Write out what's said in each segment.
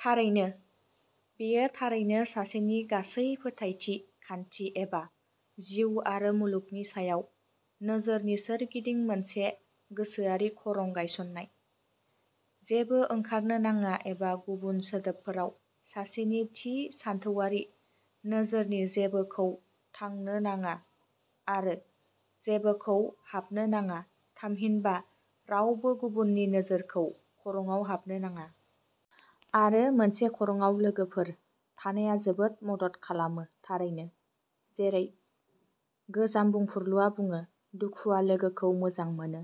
थारैनो, बेयो थारैनो सासेनि गासै फोथायथि खान्थि एबा जिउ आरो मुलुगनि सायाव नोजोरनि सोरगिदिं मोनसे गोसोआरि खरं गायसन्नाय। जेबो ओंखारनो नाङा एबा गुबुन सोदोबफोराव सासेनि थि सानथौआरि नोजोरनि जेबोखौ थांनो नाङा आरो जेबोखौ हाबनो नाङा थामहिनबा रावबो गुबुननि नोजोरखौ खरंआव हाबनो नाङा। आरो बे खरंआव लोगोफोर थानाया जोबोद मदद खालामो थारैनो। जेरै गोजाम बुंफुरलुआ बुङो "दुखुआ लोगोखौ मोजां मोनो।"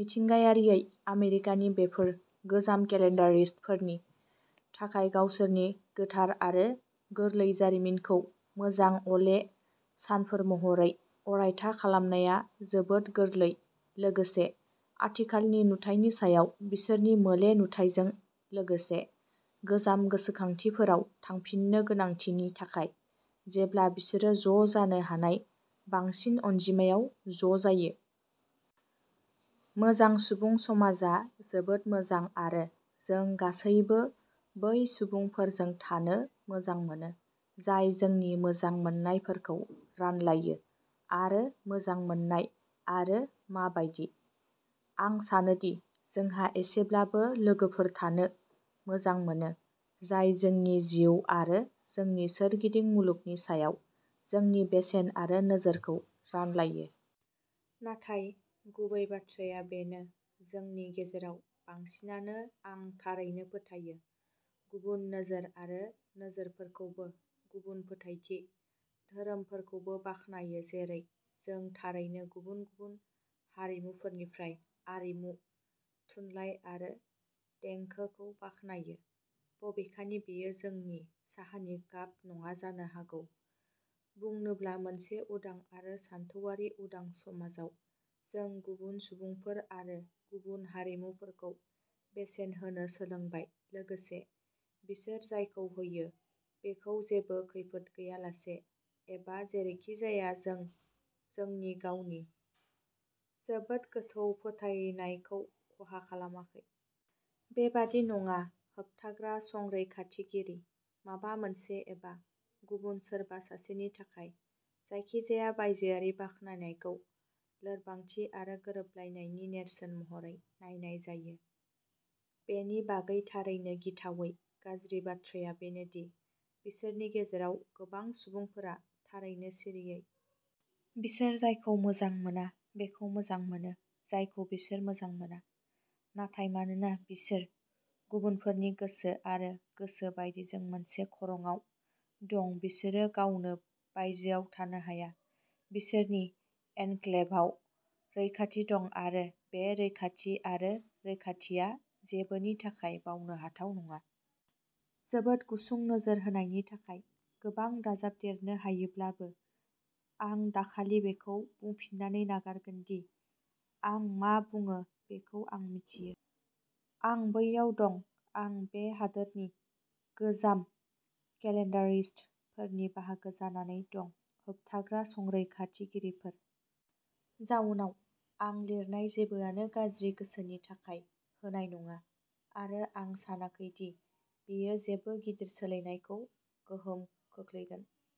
मिथिंगायारियै आमेरिकानि बेफोर "गोजाम केलेन्डारिस्ट" फोरनि थाखाय गावसोरनि गोथार आरो गोरलै जारिमिनखौ मोजां अले सानफोर महरै अरायथा खालामनाया जोबोद गोरलै लोगोसे आथिखालनि नुथायनि सायाव बिसोरनि मोले नुथायजों लोगोसे गोजाम गोसोखांथिफोराव थांफिननो गोनांथिनि थाखाय जेब्ला बिसोरो ज' जानो हानाय बांसिन अनजिमायाव ज' जायो। मोजां सुबुं समाजआ जोबोद मोजां आरो जों गासैबो बै सुबुंफोरजों थानो मोजां मोनो जाय जोंनि मोजां मोननायफोरखौ रानलायो आरो मोजां मोन्नाय आरो मा बायदि। आं सानो दि जोंहा एसेब्लाबो लोगोफोर थानो मोजां मोनो जाय जोंनि जिउ आरो जोंनि सोरगिदिं मुलुगनि सायाव जोंनि बेसेन आरो नोजोरखौ रानलायो। नाथाय गुबै बाथ्राया बेनो जोंनि गेजेराव बांसिनानो आं थारैनो फोथायो गुबुन नोजोर आरो नोजोरफोरखौबो गुबुन फोथायथि धोरोमफोरखौबो बाखनायो जेरै जों थारैनो गुबुन गुबुन हारिमुफोरनिफ्राय आरिमु, थुनलाइ आरो देंखोखौ बाखनायो बबेखानि बेयो जोंनि "साहानि काप" नङा जानो हागौ बुंनोब्ला मोनसे उदां आरो सानथौआरि उदां समाजाव जों गुबुन सुबुंफोर आरो गुबुन हारिमुफोरखौ बेसेन होनो सोलोंबाय लोगोसे बिसोर जायखौ होयो बेखौ जेबो खैफोद गैयालासे एबा जेरैखिजाया जों जोंनि गावनि जोबोद गोथौ फोथायनायखौ खहा खालामाखै। बेबादि नङा होबथाग्रा-संरैखाथिगिरि। माबा मोनसे एबा गुबुन सोरबा सासेनि थाखाय जायखिजाया बायजोआरि बाख्नायनायखौ लोरबांथि आरो गोरोबलायनायनि नेरसोन महरै नायनाय जायो। बेनि बागै थारैनो गिथावै गाज्रि बाथ्राया बेनो दि बिसोरनि गेजेराव गोबां सुबुंफोरा थारैनो सिरियै। बिसोर जायखौ मोजां मोना बेखौ मोजां मोनो जायखौ बिसोर मोजां मोना। नाथाय मानोना बिसोर गुबुनफोरनि गोसो आरो गोसो बायदिजों मोनसे खरंआव दं बिसोरो गावनो "बायजोआव" थानो हाया। बिसोरनि एनक्लेभआव रैखाथि दं आरो बे रैखाथि आरो रैखाथिआ जेबोनि थाखाय बावनो हाथाव नङा। जोबोद गुसुं नोजोर होनायनि थाखाय! गोबां दाजाबदेरनो हायोब्लाबो आं दा खालि बेखौ बुंफिननानै नागारगोन दि आं मा बुङो बेखौ आं मिथियो। आं बैयाव दं आं बे हादोरनि "गोजाम केलेन्डारिस्ट" फोरनि बाहागो जानानै दं होबथाग्रा-संरैखाथिगिरिफोर। जाउनाव, आं लिरनाय जेबोआनो गाज्रि गोसोनि थाखाय होनाय नङा आरो आं सानाखै दि बेयो जेबो गिदिर सोलायनायखौ गोहोम खोख्लैगोन।